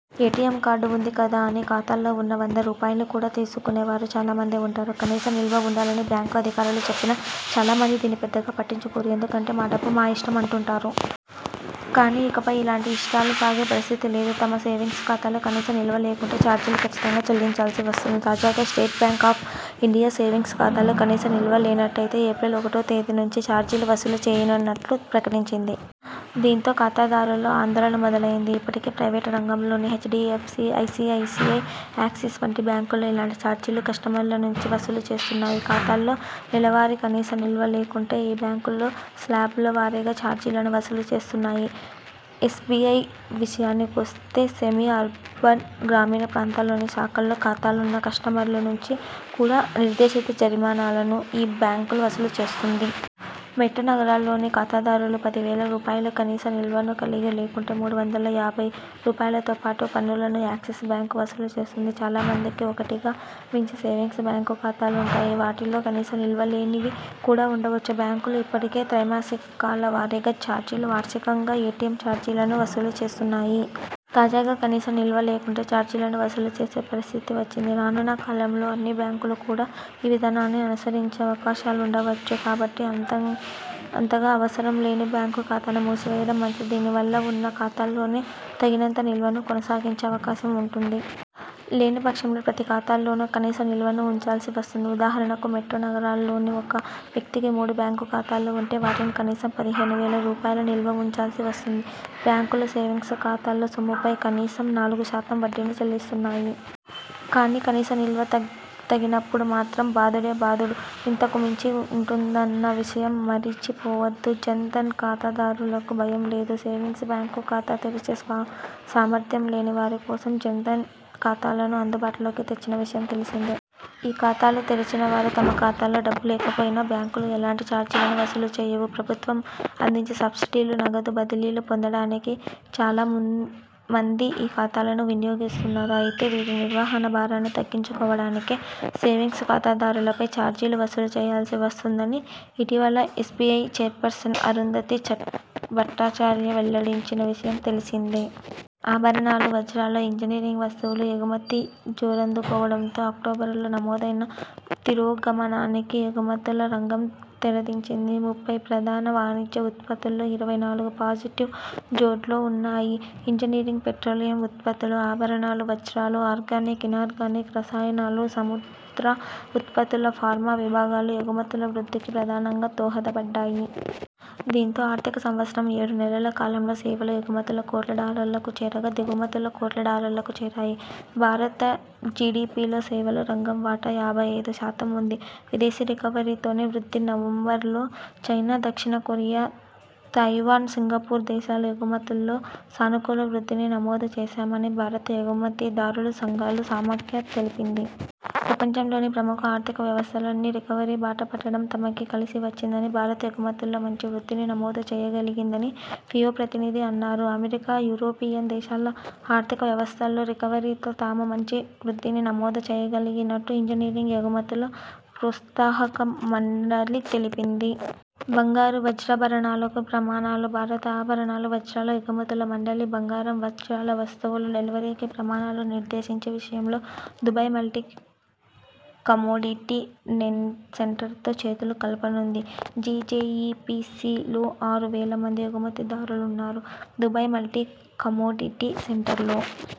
ఎ T M card ఉంది కదా అని ఖాతాలో ఉన్న వంద రూపాయలు కూడా తీసుకునే వారు చాలా మంది ఉంటారు. కనీస నిల్వ ఉండాలని బ్యాంకు అధికారులు చెప్పినా చాలా మంది దీన్ని పెద్దగా పట్టించుకోరు. ఎందుకంటే మా డబ్బు మా ఇష్టం అంటుంటారు. కానీ ఇకపై ఇలాంటి ఇష్టాలు సాగే పరిస్థితి లేదు. తమ సేవింగ్స్ ఖాతాలో కనీస నిల్వ లేకుంటే చార్జీలు కచ్చితంగా చెల్లించాల్సి వస్తుంది. తాజాగా state bank of India savings ఖాతాల్లో కనీస నిల్వ లేనట్టయితే ఏప్రిల్ ఒకటో తేదీ నుంచి చార్జీలు వసూలు చేయనున్నట్టు ప్రకటించింది. దీంతో ఖాతాదారుల్లో ఆందోళన మొదలైంది. ఇప్పటికే ప్రైవేటు రంగంలోని హెచ్.డి.ఎఫ్.సి, ఐ.సి.ఐ.సి.ఐ, యాక్సిస్ వంటి బ్యాంకులు ఇలాంటి చార్జీలను కస్టమర్ల నుంచి వసూలు చేస్తున్నాయి. ఖాతాలో నెలవారీ కనీస నిల్వ లేకుంటే ఈ బ్యాంకులు స్లాబుల వారీగా చార్జీలను వసూలు చేస్తున్నాయి. ఎస్బిఐ విషయానికొస్తే, సెమీ అర్బన్, గ్రామీణ ప్రాంతాల్లోని శాఖల్లో ఖాతాలున్న కస్టమర్ల నుంచి కూడా నిర్దేశిత జరిమానాలను ఈ బ్యాంకులు వసూలు చేస్తోంది. మెట్రో నగరాల్లోని ఖాతాదారులు పది వేల రూపాయల కనీస నిల్వను కలిగి లేకుంటే మూడు వందల యాభై రూపాయలతోపాటు పన్నులను యాక్సిస్ బ్యాంకు వసూలు చేస్తోంది. చాలా మందికి ఒకటికి మించి సేవింగ్స్ బ్యాంకు ఖాతాలుంటాయి. వాటిలో కనీస నిల్వ లేనివి కూడా ఉండొచ్చు. బ్యాంకులు ఇప్పటికే త్రైమాసికాల వారీగా చార్జీలు, వార్షికంగా ఎ టి ఎం చార్జీలను వసూలు చేస్తున్నాయి. తాజాగా కనీస నిల్వ లేకుంటే చార్జీలను వసూలు చేసే పరిస్థితి వచ్చింది. రానున్న కాలంలో అన్ని బ్యాంకులు కూడా ఈ విధానాన్ని అనుసరించే అవకాశాలుండవచ్చు. కాబట్టి అంత అంతగా అవసరం లేని బ్యాంకు ఖాతాను మూసివేయడం మంచిది. దీని వల్ల ఉన్న ఖాతాలోనే తగినంత నిల్వను కొనసాగించే అవకాశం ఉంటుంది. లేని పక్షంలో ప్రతి ఖాతాలోనూ కనీస నిల్వను ఉంచాల్సి వస్తుంది. ఉదాహరణకు మెట్రో నగరాల్లోని ఒక వ్యక్తికి మూడు బ్యాంకు ఖాతాలు ఉంటే.. వాటిలో కనీసం పదిహేను వేల రూపాయల నిల్వ ఉంచాల్సి వస్తుంది. బ్యాంకులు సేవింగ్స్ ఖాతాలోని సొమ్ముపై కనీసం నాలుగు శాతం వడ్డీని చెల్లిస్తున్నాయి. కానీ కనీస నిల్వ తగ్గినప్పుడు మాత్రం బాదుడే బాదుడు, ఇంతకు మించి ఉంటుందన్న విషయం మరిచి పోవొద్దు. జన్ ధన్ ఖాతాదారులకు భయం లేదు. సేవింగ్స్ బ్యాంకు ఖాతా తెరిచే సామర్థ్యం లేని వారి కోసం జన్ ధన్ ఖాతాలను అందుబాటులోకి తెచ్చిన విషయం తెలిసిందే. ఈ ఖాతాలు తెరిచిన వారు తమ ఖాతాలో డబ్బు లేకపోయినా బ్యాంకులు ఎలాంటి చార్జీలను వసూలు చేయవు. ప్రభుత్వం అందించే సబ్సిడీలు, నగదు బదిలీలు పొందడానికి చాలా మంది ఈ ఖాతాలను వినియోగిస్తున్నారు. అయితే వీటి నిర్వహణ భారాన్ని తగ్గించుకోవడానికే సేవింగ్స్ ఖాతాదారులపై చార్జీలు వసూలు చేయాల్సి వస్తోందని ఇటీవల ఎస్బిఐ చైర్పర్సన్ అరుంధతీ భట్టాచార్య వెల్లడించిన విషయం తెలిసిందే. ఆభరణాలు, వజ్రాలు, ఇంజనీరింగ్ వస్తువుల ఎగుమతి జోరందుకోవడంతో అక్టోబరులో నమోదైన తిరోగమనానికి ఎగుమతుల రంగం తెరదించింది. ముప్పై ప్రధాన వాణిజ్య ఉత్పత్తుల్లో ఇరవై నాలుగు పాజిటివ్ జోడ్లో ఉన్నాయి. ఇంజనీరింగ్, పెట్రోలియం ఉత్పత్తులు, ఆభరణాలు, వజ్రాలు, ఆర్గానిక్, ఇనార్గానిక్ రసాయనాలు, సముద్ర ఉత్పత్తులు, ఫార్మా విభాగాలు ఎగుమతుల వృద్ధికి ప్రధానంగా దోహదపడ్డాయి. దీంతో ఆర్థిక సంవత్సరం ఏడు నెలల కాలంలో సేవల ఎగుమతులు కోట్ల డాలర్లకు చేరగా దిగుమతులు కోట్ల డాలర్లకు చేరాయి. భారత జిడిపిలో సేవల రంగం వాటా యాభై ఐదు శాతం ఉంది. విదేశీ రికవరీతోనే వృద్ధి నవంబరులో చైనా, దక్షిణ కొరియా, తైవాన్, సింగపూర్ దేశాలు ఎగుమతుల్లో సానుకూల వృద్ధిని నమోదు చేశామని భారత ఎగుమతిదారుల సంఘాల సమాఖ్య తెలిపింది. ప్రపంచంలోని ప్రముఖ ఆర్థిక వ్యవస్థలన్నీ రికవరీ బాట పట్టడం తమకు కలిసి వచ్చిందని, భారత్ ఎగుమతుల్లో మంచి వృద్ధిని నమోదు చేయగలిగిందని ఫియో ప్రతినిధి అన్నారు. అమెరికా, యూరోపియన్ దేశాల ఆర్థిక వ్యవస్థల్లో రికవరీతో తాము మంచి వృద్ధిని నమోదు చేయగలిగినట్టు ఇంజనీరింగ్ ఎగుమతుల ప్రోత్సాహక మండలి తెలిపింది. బంగారు, వజ్రాభరణాలకు ప్రమాణాలు భారత ఆభరణాలు, వజ్రాల ఎగుమతుల మండలి బంగారం, వజ్రాల వస్తువుల డెలివరీకి ప్రమాణాలు నిర్దేశించే విషయంలో దుబాయ్ మల్టీ కమోడిటీ సెంటర్తో చేతులు కలపనుంది. G J E P C లో ఆరు వేల మంది ఎగుమతి దారులున్నారు. దుబాయ్ మల్టీ కమోడిటీ సెంటర్లో